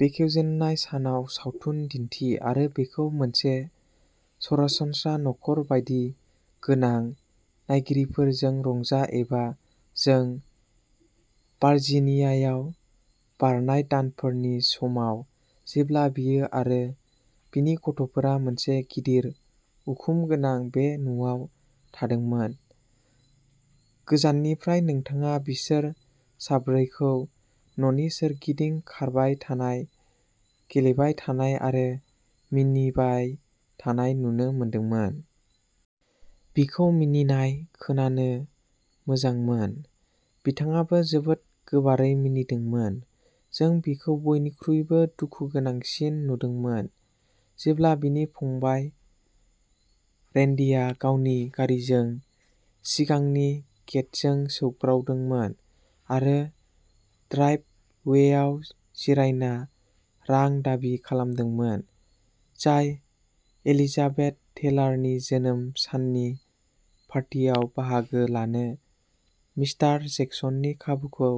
बेखेवजेननाय सानाव सावथुन दिन्थि आरो बेखौ मोनसे सरासनस्रा नखर बायदि गोनां नायगिरिफोरजों रंजा एबा जों भार्जिनियायाव बारनाय दानफोरनि समाव जेब्ला बियो आरो बिनि गथ'फोरा मोनसे गिदिर उखुम गोनां बे न'आव थादोंमोन। गोजाननिफ्राय नोंथाङा बिसोर साब्रैखौ न'नि सोरगिदिं खारबाय थानाय, गेलेबाय थानाय आरो मिनिबाय थानाय नुनो मोनदोंमोन। बिखौ मिनिनाय खोनानो मोजांमोन। बिथाङाबो जोबोद गोबारै मिनिदोंमोन। जों बिखौ बयनिख्रुइबो दुखुगोनांसिन नुदोंमोन, जेब्ला बिनि फंबाय रेन्डिआ गावनि गारिजों सिगांनि गेटजों सौग्रावदोंमोन आरो ड्राइभवेआव जिरायना रां दाबि खालामदोंमोन, जाय एलिजाबेथ टेलारनि जोनोम साननि पार्टियाव बाहागो लानो मिस्टार जेक्सननि खाबुखौ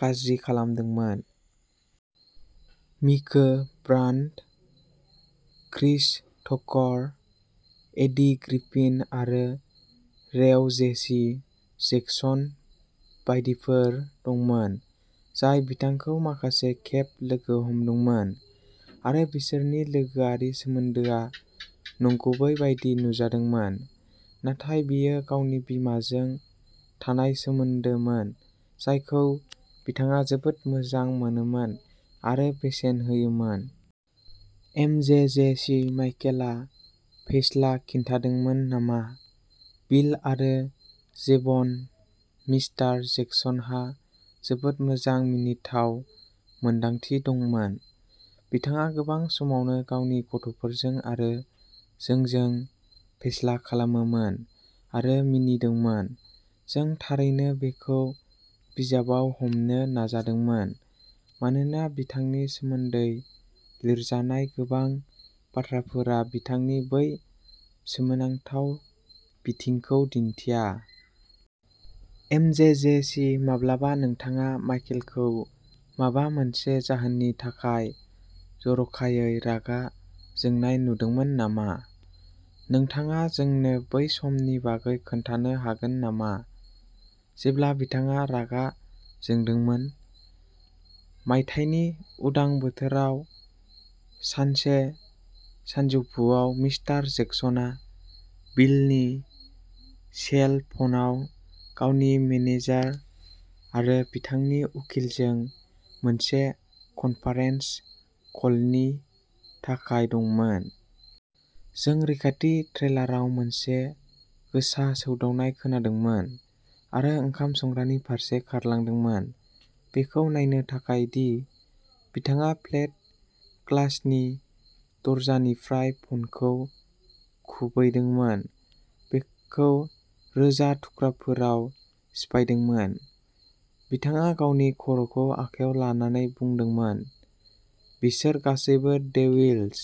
गाज्रि खालामदोंमोन। Miko Brand', Chris Tucker, Eddie Griffin आरो रेव जेसी जेक्सन बायदिफोर दंमोन जाय बिथांखौ माखासे खेब लोगो हमदोंमोन आरो बिसोरनि लोगोआरि सोमोन्दोआ नंगुबै बायदि नुजादोंमोन, नाथाय बियो गावनि बिमाजों थानाय सोमोन्दोमोन जायखौ बिथाङा जोबोद मोजां मोनोमोन आरो बेसेन होयोमोन। एमजेजेसी माइकेलआ फेस्ला खिन्थादोंमोन नामा? बिल आरो जेभन मिस्टार जेक्सनहा जोबोद मोजां मिनिथाव मोनदांथि दंमोन। बिथाङा गोबां समावनो गावनि गथ'फोरजों आरो जोंजों फेस्ला खालामोमोन आरो मिनिदोंमोन। जों थारैनो बेखौ बिजाबाव हमनो नाजादोंमोन, मानोना बिथांनि सोमोन्दै लिरजानाय गोबां बाथ्राफोरा बिथांनि बै सोमोनांथाव बिथिंखौ दिन्थिया। एमजेजेसि माब्लाबा नोंथाङा माइकेलखौ माबा मोनसे जाहोननि थाखाय जर'खायै रागा जोंनाय नुदोंमोन नामा? नोंथाङा जोंनो बै समनि बागै खोन्थानो हागोन नामा जेब्ला बिथाङा रागा जोंदोंमोन? मायथाइनि उदां बोथोराव सानसे सानजौफुआव, मिस्टार जेक्सनआ बिलनि सेल फनाव गावनि मेनेजार आरो बिथांनि उखिलजों मोनसे कनफारेन्स कलनि थाखाय दंमोन। जों रैखाथि ट्रेलाराव मोनसे गोसा सौदावनाय खोनादोंमोन आरो ओंखाम संग्रानि फारसे खारलांदोंमोन बेखौ नायनो थाखाय दि बिथाङा प्लेट ग्लासनि दरजानिफ्राय फ'नखौ खुबैदोंमोन, बेखौ रोजा थुख्राफोराव सिफायदोंमोन। बिथाङा गावनि खर'खौ आखायाव लानानै बुंदोंमोन बिसोर गासैबो डेविल्स।